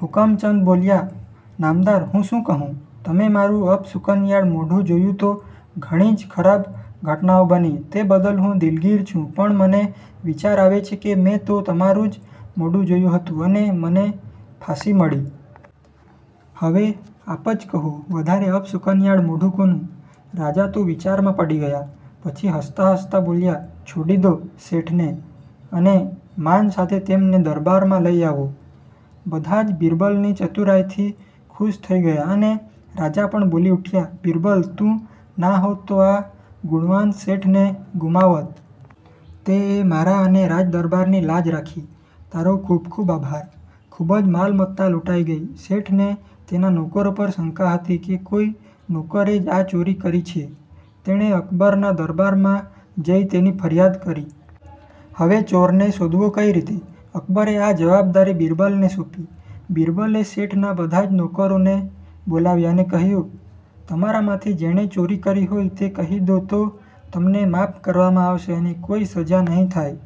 હુકમચંદ બોલ્યા: નામદાર, હું શું કહું? તમે મારું અપશુકનિયાળ મોઢું જોયું તો ઘણી જ ખરાબ ઘટનાઓ બની. તે બદલ હું દિલગીર છું. પણ મને વિચાર આવે છે કે મેં તો તમારૂં જ મોંઢું જોયું હતું અને મને ફાંસી મળી. હવે આપ જ કહો -વધારે અપશુકનિયાળ મોંઢું કોનું? રાજા તો વિચારમાં પડી ગયા. પછી હસતા હસતા બોલ્યા: છોડી દો શેઠને અને માન સાથે તેમને દરબારમાં લઈ આવો. બધા જ બિરબલની ચતુરાઈથી ખુશ થઈ ગયા અને રાજા પણ બોલી ઉઠ્યા: બિરબલ, તું નાહોત તો આ ગુણવાન શેઠને ગુમાવત. તેએ મારાં અને રાજ દરબારની લાજ રાખી. તારો ખૂબ ખૂબ આભાર. ખૂબ જ માલમત્તા લૂંટાઈ ગઈ. શેઠને તેના નોકરો પર શંકા હતી કે કોઈ નોકરે જ આ ચોરી કરી છે. તેણે અક્બરના દરબારમાં જઈ તેની ફરિયાદ કરી. હવે ચોરને શોધવો કઈ રીતે? અકબરે આ જવાબદારી બિરબલને સોંપી. બિરબલે શેઠના બધા જ નોકરોને બોલવ્યા અને કહ્યું; તમારામાંથી જેણે ચોરી કરી હોય તે કહી દો તો તમને માફ કરવામાં આવશે અને કોઈ સજા નહીં થાય.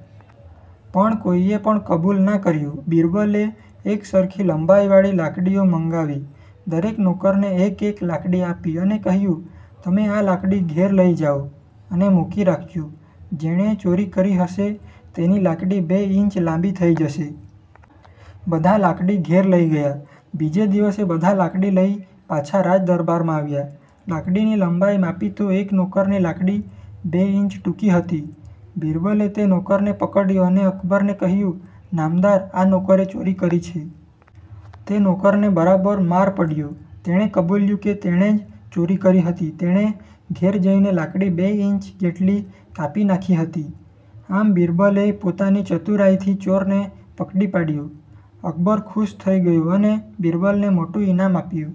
પણ કોઈએ પણ કબૂલ ના કર્યું. બિરબલે એક સરખી લંબાઈવાળી લાકડીઓ મંગાવી દરેક નોકરને એક એક લાકડી આપી અને કહ્યું; તમે આ લાકડી ઘેર લઈ જાઓ અને મૂકી રાખજો. જેણે ચોરી કરી હશે તેની લાકડી બે ઈંચ લાંબી થઈ જશે. બધા લાકડી ઘેર લઈ ગયા. બીજે દિવસે બધા લાકડી લઈ પાછા રાજ દરબારમાં આવ્યા. લાકડીની લંબાઈ માપી તો એક નોકરની લાકડી બે ઈંચ ટૂંકી હતી. બિરબલે તે નોકરને પકડ્યો અને અકબરને કહ્યું; નામદાર, આ નોકરે ચોરી કરી છે. તે નોકરને બરાબર માર પડ્યો. તેણે કબૂલ્યું કે તેણે જ ચોરી કરી હતી. તેણે ઘેર જઈને લાકડી બે ઈંચ જેટલી કાપી નાંખી હતી.. આમ બિરબલે પોતાની ચતુરાઈથી ચોરને પકડી પાડ્યો. અકબર ખૂશ થઈ ગયો અને બિરબલને મોટું ઈનામ આપ્યું.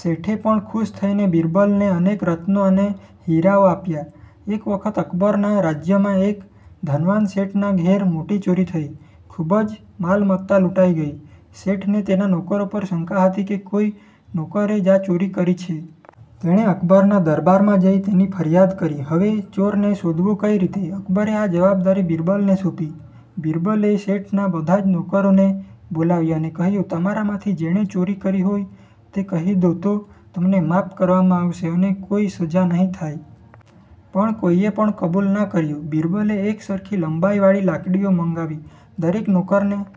શેઠે પણ ખૂશ થઈને બિરબલને અનેક રત્નો અને હીરાઓ આપ્યા. એક વખત અક્બરના રાજ્યના એક ધનવાન શેઠના ઘેર મોટી ચોરી થઈ. ખૂબ જ માલમત્તા લૂંટાઈ ગઈ. શેઠને તેના નોકરો પર શંકા હતી કે કોઈ નોકરે જ આ ચોરી કરી છે. તેણે અક્બરના દરબારમાં જઈ તેની ફરિયાદ કરી. હવે ચોરને શોધવો કઈ રીતે? અકબરે આ જવાબદારી બિરબલને સોંપી. બિરબલે શેઠના બધા જ નોકરોને બોલવ્યા અને કહ્યું; તમારામાંથી જેણે ચોરી કરી હોય તે કહી દો તો તમને માફ કરવામાં આવશે અને કોઈ સજા નહીં થાય. પણ કોઈએ પણ કબૂલ ના કર્યું. બિરબલે એક સરખી લંબાઈવાળી લાકડીઓ મંગાવી દરેક નોકરને